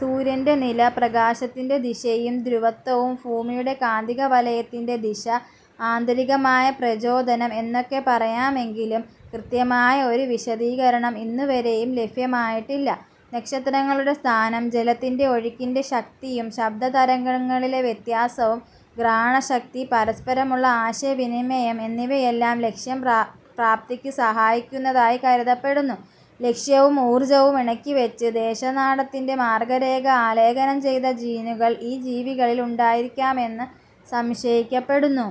സൂര്യന്റെ നില, പ്രകാശത്തിന്റെ ദിശയും ധ്രുവത്വവും, ഭൂമിയുടെ കാന്തികവലയത്തിന്റെ ദിശ, ആന്തരികമായ പ്രചോദനം എന്നൊക്കെ പറയാമെങ്കിലും കൃത്യമായ ഒരു വിശദീകരണം ഇന്നുവരെയും ലഭ്യമായിട്ടില്ല. നക്ഷത്രങ്ങളുടെ സ്ഥാനം, ജലത്തിലെ ഒഴുക്കിന്റെ ശക്തിയും ശബ്ദതരംഗങ്ങളിലെ വ്യത്യാസവും, ഘ്രാണശക്തി, പരസ്പരമുള്ള ആശയവിനിമയം എന്നിവയെല്ലാം ലക്ഷ്യപ്രാപ്തിക്ക് സഹായിക്കുന്നതായി കരുതപ്പെടുന്നു. ലക്ഷ്യവും ഊർജവും ഇണക്കിവച്ച് ദേശാടനത്തിന്റെ മാർഗരേഖ ആലേഖനം ചെയ്ത ജീനുകൾ ഈ ജീവികളിൽ ഉണ്ടായിരിക്കാം എന്നു സംശയിക്കപ്പെടുന്നു.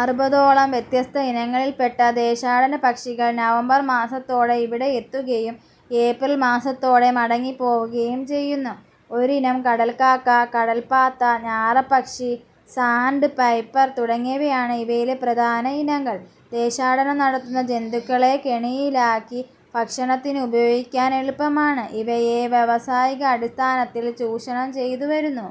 അറുപതോളം വ്യത്യസ്ത ഇനങ്ങളിൽപ്പെട്ട ദേശാടനപ്പക്ഷികൾ നവംബർ മാസത്തോടെ ഇവിടെ എത്തുകയും ഏപ്രിൽ മാസത്തോടെ മടങ്ങിപ്പോവുകയും ചെയ്യുന്നു. ഒരിനം കടൽക്കാക്ക, കടൽപ്പാത്ത, ഞാറപ്പക്ഷി, സാൻഡ് പൈപ്പർ തുടങ്ങിയവയാണ് ഇവയിലെ പ്രധാന ഇനങ്ങൾ. ദേശാടനം നടത്തുന്ന ജന്തുക്കളെ കെണിയിലാക്കി ഭക്ഷണത്തിന് ഉപയോഗിക്കാൻ എളുപ്പമാണ്. ഇവയെ വ്യാവസായിക അടിസ്ഥാനത്തിൽ ചൂഷണം ചെയ്തുവരുന്നു.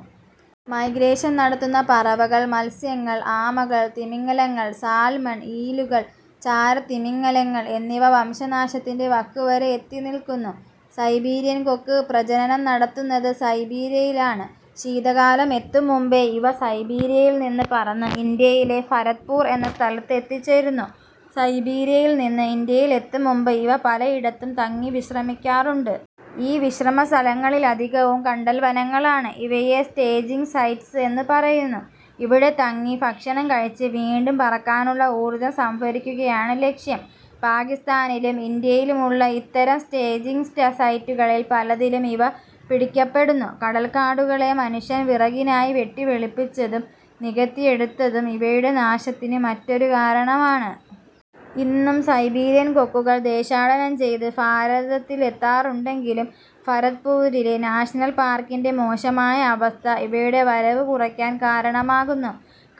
മൈഗ്രേഷൻ നടത്തുന്ന പറവകൾ, മത്സ്യങ്ങൾ, ആമകൾ, തിമിംഗിലങ്ങൾ, സാൽമൺ, ഈലുകൾ, ചാരത്തിമിംഗിലങ്ങൾ എന്നിവ വംശനാശത്തിന്റെ വക്കുവരെ എത്തിനില്ക്കുന്നു. സൈബീരിയൻ കൊക്ക് പ്രജനനം നടത്തുന്നത് സൈബീരിയയിലാണ്. ശീതകാലം എത്തുംമുമ്പേ ഇവ സൈബീരിയയിൽനിന്നു പറന്ന് ഇന്ത്യയിലെ 'ഭരത്പൂർ' എന്ന സ്ഥലത്ത് എത്തിച്ചേരുന്നു. സൈബീരിയയിൽനിന്ന് ഇന്ത്യയിലെത്തുംമുമ്പ് ഇവ പലയിടത്തും തങ്ങി വിശ്രമിക്കാറുണ്ട്. ഈ വിശ്രമസ്ഥലങ്ങളധികവും കണ്ടൽവനങ്ങളാണ്. ഇവയെ സ്റ്റേജിങ് സൈറ്റ്സ് എന്നു പറയുന്നു. ഇവിടെ തങ്ങി ഭക്ഷണം കഴിച്ച് വീണ്ടും പറക്കാനുള്ള ഊർജ്ജം സംഭരിക്കുകയാണ് ലക്ഷ്യം. പാകിസ്താനിലും ഇന്ത്യയിലും ഉള്ള ഇത്തരം സ്റ്റേജിങ് സൈറ്റുകളിൽ പലതിലും ഇവ പിടിക്കപ്പെടുന്നു. കണ്ടൽക്കാടുകളെ മനുഷ്യൻ വിറകിനായി വെട്ടിവെളുപ്പിച്ചതും നികത്തിയെടുത്തതും ഇവയുടെ നാശത്തിനു മറ്റൊരു കാരണമാണ്. ഇന്നും സൈബീരിയൻ കൊക്കുകൾ ദേശാടനം ചെയ്ത് ഭാരതത്തിലെത്താറുണ്ടെങ്കിലും ഭരത്പൂരിലെ നാഷണൽ പാർക്കിന്റെ മോശമായ അവസ്ഥ ഇവയുടെ വരവു കുറയ്ക്കാൻ കാരണമാകുന്നു.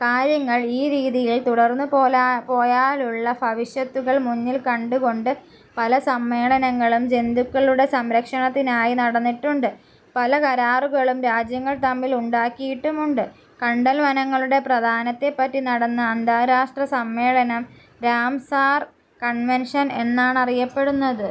കാര്യങ്ങൾ ഈ രീതിയിൽ തുടർന്നുപോയാലുള്ള ഭവിഷ്യത്തുകൾ മുന്നിൽ കണ്ടുകൊണ്ട് പല സമ്മേളനങ്ങളും ജന്തുക്കളുടെ സംരക്ഷണത്തിനായി നടന്നിട്ടുണ്ട്. പല കരാറുകളും രാജ്യങ്ങൾ തമ്മിൽ ഉണ്ടാക്കിയിട്ടുമുണ്ട്. കണ്ടൽവനങ്ങളുടെ പ്രാധാന്യത്തെപ്പറ്റി നടന്ന അന്താരാഷ്ട്ര സമ്മേളനം രാംസാർ കൺവെൻഷൻ എന്നാണറിയപ്പെടുന്നത്.